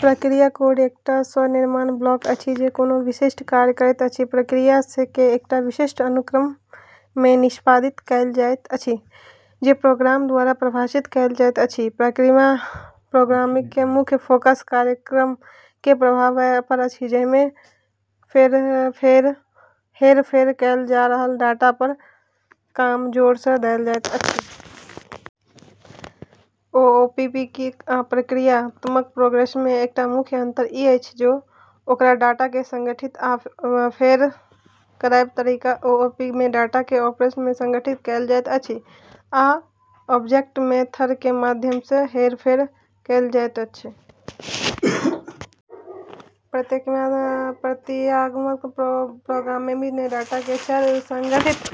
प्रक्रिया कोड के एकटा स्व-निर्मित ब्लॉक अछि जे कोनो विशिष्ट कार्य करैत अछि। प्रक्रिया के एकटा विशिष्ट अनुक्रम मे निष्पादित कएल जाइत अछि जे प्रोग्रामर द्वारा परिभाषित कएल जाइत अछि। प्रक्रियात्मक प्रोग्रामिंग के मुख्य फोकस कार्यक्रम के प्रवाह पर अछि, जाहि मे हेरफेर कएल जा रहल डाटा पर कम जोर देल जाइत अछि। ओओपी आ प्रक्रियात्मक प्रोग्रामिंग मे एकटा मुख्य अंतर ई अछि जे ओकर डाटा के संगठित आ हेरफेर करयबाक तरीका। ओओपी मे, डाटा केँ ऑब्जेक्ट मे संगठित कएल जाइत अछि, आ ऑब्जेक्ट के मेथड के माध्यम सँ हेरफेर कएल जाइत अछि। प्रक्रियात्मक प्रोग्रामिंग मे डाटा केँ चर मे संगठित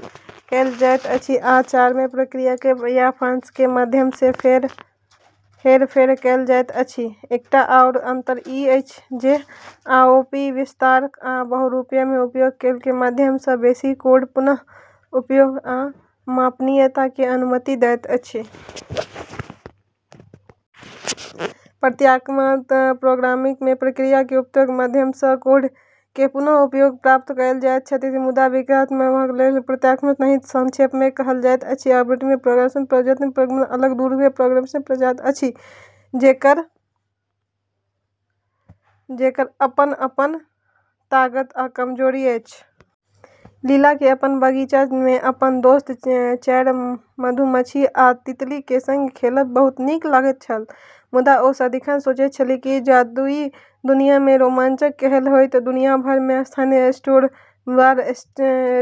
कएल जाइत अछि, आ चर केँ प्रक्रिया या फंक्शन के माध्यम सँ हेरफेर कएल जाइत अछि। एकटा आओर अंतर ई अछि जे ओओपी विरासत आ बहुरूपता के उपयोग के माध्यम सँ बेसी कोड पुन: उपयोग आ मापनीयता के अनुमति दैत अछि। प्रक्रियात्मक प्रोग्रामिंग मे प्रक्रिया के उपयोग के माध्यम सँ कोड के पुन: उपयोग प्राप्त कएल जा सकैत अछि, मुदा विरासत या बहुरूपता लेल कोनो प्रत्यक्ष तंत्र नहि अछि। संक्षेप मे कहल जाए तँ ऑब्जेक्ट-ओरिएंटेड प्रोग्रामिंग आ प्रोसीजरल प्रोग्रामिंग दू अलग-अलग प्रोग्रामिंग पैराडाइम अछि, जेकर अपन-अपन ताकत आ कमजोरी अछि। लीला केँ अपन बगीचा मे अपन दोस्त, चिड़ै, मधुमाछी, आ तितली के संग खेलब बहुत नीक लगैत छल। मुदा ओ सदिखन सोचैत छली जे जादुई दुनिया मे रोमांच केहन होइत। दुनिया भर मे स्थानीय स्टोर, बार,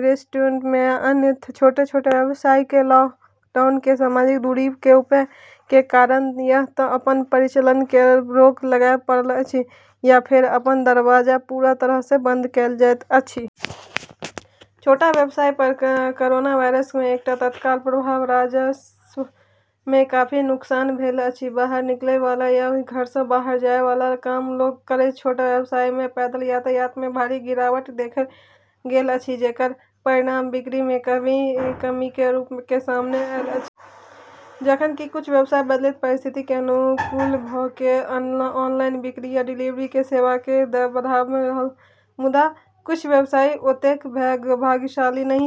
रेस्टोरेंट, आ अन्य छोट-छोट व्यवसाय केँ लॉकडाउन आ सामाजिक दूरी के उपाय के कारण या तँ अपन परिचालन पर रोक लगाबय पड़ल अछि या फेर अपन दरवाजा पूरा तरह सँ बंद करय पड़ल अछि। छोट व्यवसाय पर कोरोना वायरस के एकटा तत्काल प्रभाव राजस्व मे काफी नुकसान भेल अछि। बाहर निकलय वाला या घर सँ बाहर जाए वाला कम लोग के कारण छोट व्यवसाय मे पैदल यातायात मे भारी गिरावट देखल गेल अछि, जेकर परिणाम बिक्री मे कमी के रूप मे सामने आएल अछि। जखन कि किछु व्यवसाय बदलैत परिस्थिति के अनुकूल भ' क' ऑनलाइन बिक्री या डिलीवरी सेवा दिस बढ़बा मे सफल रहल, मुदा किछु व्यवसायी ओतेक भाग्यशाली नहि छल।